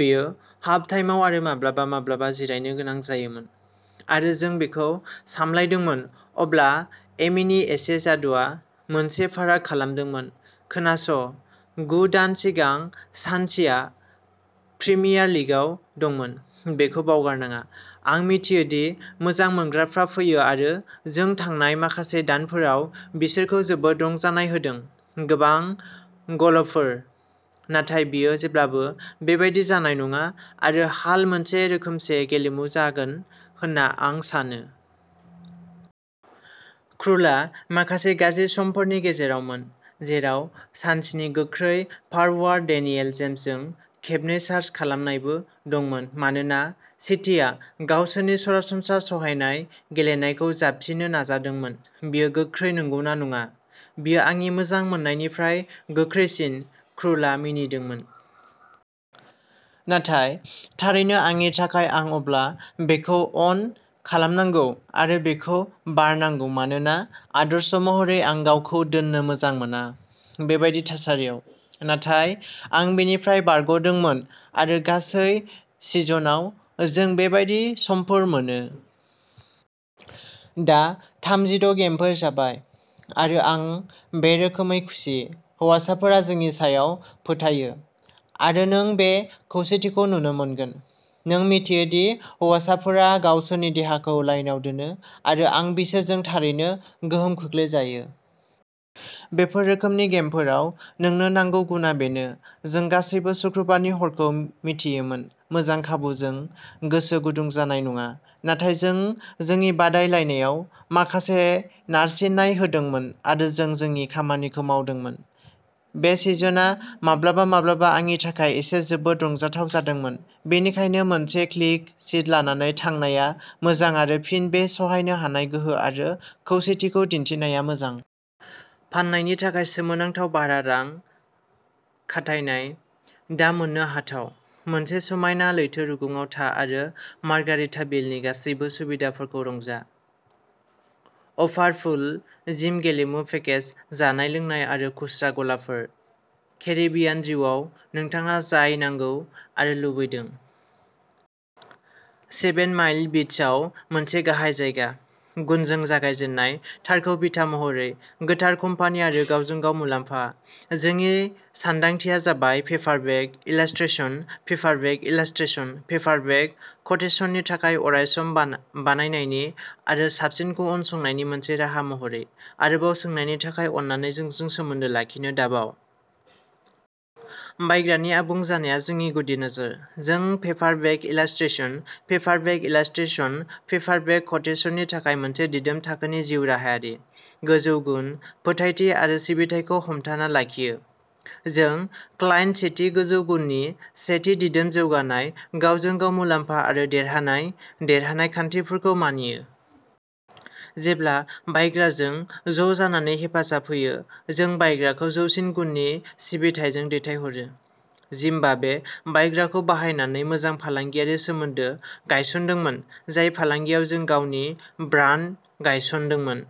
बेयो हाफ-टाइमआव आरो माब्लाबा माब्लाबा जिरायनो गोनां जायोमोन, आरो जों बेखौ सामलायदोंमोन-अब्ला एमीनि एसे जादुआ मोनसे फाराग खालामदोंमोन। "खोनास, गु दान सिगां स्वानसीआ प्रिमियार लिगआव दंमोन। बेखौ बावगारनाङा। आं मिथियो दि मोजां मोनग्राफ्रा फैयो आरो जों थांनाय माखासे दानफोराव बिसोरखौ जोबोद रंजानाय होदों, गोबां गलफोर, नाथाय बेयो जेब्लाबो बेबादि जानाय नङा आरो हाल मोनसे रोखोमसे गेलेमु जागोन होनना आं सानो। क्रुलआ माखासे गाज्रि समफोरनि गेजेरावमोन-जेराव स्वानसीनि गोख्रै फारवार्ड डेनियेल जेम्सजों खेबनै चार्ज खालामनायबो दंमोन, मानोना सिटीआ गावसोरनि सरासनस्रा सहायनाय गेलेनायखौ जाबसिननो नाजादोंमोन।" बियो गोख्रै, नंगौना नङा? बियो आंनि मोजां मोन्नायनिफ्राय गोख्रैसिन ", क्रुलआ मिनिदोंमोन।" नाथाय थारैनो, आंनि थाखाय आं अब्ला बेखौ अन खालामनांगौ आरो बेखौ बारनांगौ मानोना आदर्श महरै आं गावखौ दोननो मोजां मोना। बेबादि थासारियाव। "नाथाय आं बेनिफ्राय बारग'दोंमोन आरो गासै सिजनआव नों बेबादि समफोर मोनो। दा थामजिद गेमफोर जाबाय आरो आं बे रोखोमै खुसि। हौवासाफोरा जोंनि सायाव फोथायो आरो नों बे खौसेथिखौ नुनो मोनगोन।" नों मिन्थियो दि हौवासाफोरा गावसोरनि देहाखौ लाइनआव दोनो आरो आं बिसोरजों थारैनो गोहोम खोख्लैजायो। "बेफोर रोखोमनि गेमफोराव नोंनो नांगौ गुनआ बेनो। जों गासैबो सुक्रुबारनि हरखौ मिथियोमोन, मोजां खाबु-जों गोसो गुदुं जानाय नङा नाथाय जों जोंनि बादायलायनायाव माखासे नारसिननाय होदोंमोन आरो जों जोंनि खामानिखौ मावदोंमोन।" बे सिजनआव माब्लाबा-माब्लाबा आंनि थाखाय एसे जोबोद रंजाथाव जादोंमोन, बेनिखायनो मोनसे क्लिन शीट लानानै थांनाया मोजां आरो फिन बै सहायनो हानाय गोहो आरो खौसेथिखौ दिन्थिनाया मोजां। फान्नायनि थाखाय सोमोनांथाव भारा रां खाथायनाय, दा मोननो हाथाव। मोनसे समायना लैथो रुगुंआव था आरो मार्गारिटाभिलनि गासैबो सुबिदाफोरखौ रंजा। अफार पुल, जिम, गेलेमु पेकेज, जानाय-लोंनाय आरो खुस्रा गलाफोर। केरिबियान जिउआव नोंथाङा जाय नांगौ आरो लुबैदों। सेभेन माइल बीचआव मोनसे गाहाय जायगा। "गुनजों जागायजेन्नाय, थारखौ बिथा महरै, गोथार कम्पानि आरो गावजों-गाव मुलाम्फा" जोंनि सानदांथिया जाबाय, paper bag illustration, paper bag illustration, paper bag क'टेसननि थाखाय अरायसम बानायनायनि आरो साबसिनखौ उनसंनायनि मोनसे राहा महरै, आरोबाव सोंनायनि थाखाय अन्नानै जोंजों सोमोन्दो लाखिनो दाबाव! "बायग्रानि आबुं जानाया जोंनि गुदि नोजोर। जों paper bag illustration, paper bag illustration, paper bag क'टेसननि थाखाय मोनसे दिदोम थाखोनि जिउराहायारि, गोजौ गुन, फोथायथि आरो सिबिथाइखौ हमथाना लाखियो, जों क्लायन्ट से थि गोजौ गुननि से थि दिदोम जौगानाय गावजों-गाव मुलाम्फा आरो देरहानाय-देरहानाय खान्थिफोरखौ मानियो। जेब्ला बायग्राजों ज'जानानै हेफाजाब होयो, जों बायग्राखौ जौसिन गुननि सिबिथाइजों दैथायहरो। जिम्बाब्वे बायग्राखौ बाहायनानै मोजां फालांगियारि सोमोन्दो गायसनदोंमोन, जाय फालांगियाव जों गावनि ब्रान्ड गायसनदोंमोन।